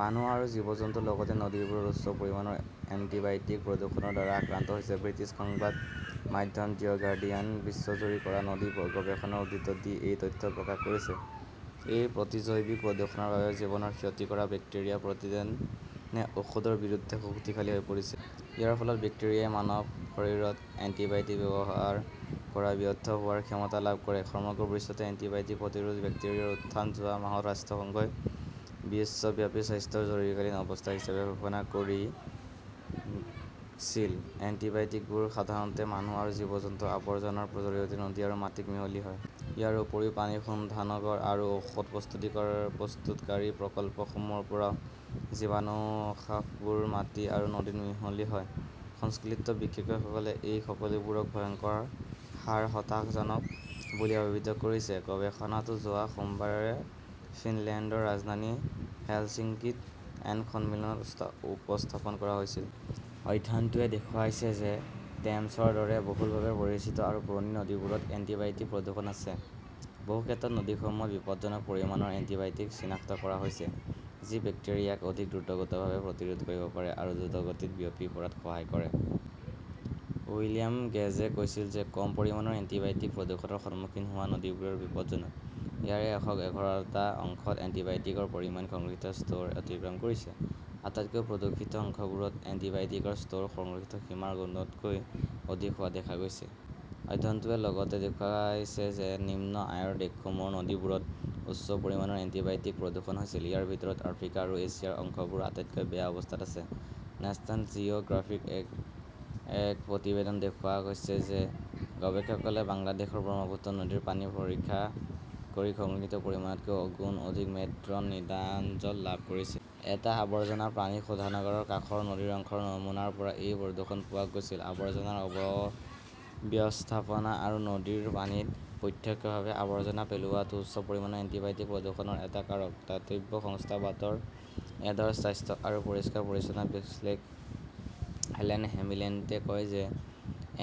মানুহ আৰু জীৱ-জন্তুৰ লগতে নদীবোৰো উচ্চ পৰিমাণৰ এণ্টিবায়টিক প্ৰদূষণৰ দ্বাৰা আক্ৰান্ত হৈছে। ব্ৰিটিছ সংবাদ মাধ্যম দ্য গাৰ্ডিয়ানে বিশ্বজুৰি কৰা নদী গৱেষণাৰ উদ্ধৃতি দি এই তথ্য প্ৰকাশ কৰিছে। এই প্ৰতিজৈৱিক প্ৰদূষণৰ বাবেই জীৱনৰ ক্ষতি কৰা বেক্টেৰিয়াই প্ৰতিদিনে ঔষধৰ বিৰুদ্ধে শক্তিশালী হৈ পৰিছে। ইয়াৰ ফলত বেক্টেৰিয়াই মানৱ শৰীৰত এন্টিবায়টিক ব্যৱহাৰ কৰাত ব্যৰ্থ হোৱাৰ ক্ষমতা লাভ কৰে। সমগ্ৰ বিশ্বতে এণ্টিবায়টিক-প্ৰতিৰোধী বেক্টেৰিয়াৰ উত্থানক যোৱা মাহত ৰাষ্ট্ৰসংঘই বিশ্বব্যাপী স্বাস্থ্যৰ জৰুৰীকালীন অৱস্থা হিচাপে ঘোষণা কৰিছিল। এণ্টিবায়টিকবোৰ সাধাৰণতে মানুহ আৰু জীৱ-জন্তুৰ আৱৰ্জনাৰ জৰিয়তে নদী আৰু মাটিত মিহলি হয়। ইয়াৰ উপৰিও পানী শোধনাগাৰ আৰু ঔষধ প্ৰস্তুতকাৰী প্ৰকল্পসমূহৰ পৰাও জীৱাণুনাশকবোৰ মাটি আৰু নদীত মিহলি হয়। সংশ্লিষ্ট বিশেষজ্ঞসকলে এই সকলোবোৰক ভয়ংকৰ আৰু হতাশাজনক বুলি অভিহিত কৰিছে। গৱেষণাটো যোৱা সোমবাৰে ফিনলেণ্ডৰ ৰাজধানী হেলচিংকীত এন সন্মিলনত উপস্থাপন কৰা হৈছিল। অধ্যয়নটোৱে দেখুৱাইছে যে টেমছৰ দৰে বহুলভাৱে পৰিচিত আৰু পুৰণি নদীবোৰত এণ্টিবায়টিক প্ৰদূষণ আছে। বহু ক্ষেত্ৰত নদীসমূহত বিপদজনক পৰিমাণৰ এণ্টিবায়টিক চিনাক্ত কৰা হৈছে। যি বেক্টেৰিয়াক অধিক দ্ৰুতগতভাৱে প্ৰতিৰোধ কৰিব পাৰে আৰু দ্ৰুতগতিত বিয়পি পৰাত সহায় কৰে। উইলিয়াম গেজে কৈছিল যে কম পৰিমাণৰ এণ্টিবায়টিক প্ৰদূষণৰ সন্মুখীন হোৱা নদীবোৰো বিপদজনক। ইয়াৰে এশ এঘাৰটা অংশত এন্টিবায়টিকৰ পৰিমাণ সুৰক্ষিত স্তৰ অতিক্ৰম কৰিছে। আটাইতকৈ প্ৰদূষিত অংশবোৰত এন্টিবায়টিকৰ স্তৰ সুৰক্ষিত সীমাৰ গুণতকৈ অধিক হোৱা দেখা গৈছে। অধ্যয়নটোৱে লগতে দেখুৱাইছে যে নিম্ন আয়ৰ দেশসমূহৰ নদীবোৰত উচ্চ পৰিমাণৰ এণ্টিবায়টিক প্ৰদূষণ হৈছিল। ইয়াৰ ভিতৰত আফ্ৰিকা আৰু এছিয়াৰ অংশবোৰ আটাইতকৈ বেয়া অৱস্থাত আছে। নেচনেল জিঅ' গ্ৰাফিকৰ এক এক প্ৰতিবেদনত কোৱা হৈছে যে গৱেষকসকলে বাংলাদেশৰ ব্ৰহ্মপুত্ৰ নদীৰ পানী পৰীক্ষা কৰি সুৰক্ষিত পৰিমাণতকৈ গুণ অধিক মেট্ৰ নিডাজল লাভ কৰিছে। এটা আৱৰ্জনা পানী শোধনাগাৰৰ কাষৰ নদীৰ অংশৰ নমুনাৰ পৰা এই প্ৰদূষণ পোৱা গৈছিল। আৱৰ্জনাৰ অব্যৱস্থাপনা আৰু নদীৰ পানীত প্ৰত্যক্ষভাৱে আৱৰ্জনা পেলোৱাটো উচ্চ পৰিমাণৰ এণ্টিবায়টিক প্ৰদূষণৰ এটা কাৰক। দাতব্য সংস্থা ৱাটাৰ এডৰ স্বাস্থ্য আৰু পৰিষ্কাৰ-পৰিচ্ছন্নতা বিশ্লেষক হেলেন হেমিল্টনে কয় যে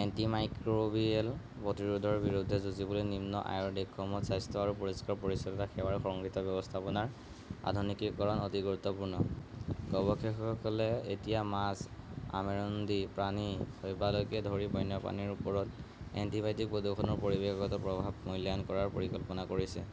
এন্টিমাইক্ৰোবিয়েল প্ৰতিৰোধৰ বিৰুদ্ধে যুঁজিবলৈ নিম্ন আয়ৰ দেশসমূহত স্বাস্থ্য আৰু পৰিষ্কাৰ-পৰিচ্ছন্নতা সেৱাৰ সুৰক্ষিত ব্যৱস্থাপনাৰ আধুনিকীকৰণ অতি গুৰুত্বপূৰ্ণ। গৱেষকসকলে এতিয়া মাছ, আমেৰুদণ্ডী প্ৰাণী, শৈবালকে ধৰি বন্যপ্ৰাণীৰ ওপৰত এন্টিবায়টিক প্ৰদূষণৰ পৰিৱেশগত প্ৰভাৱ মূল্যায়ন কৰাৰ পৰিকল্পনা কৰিছে।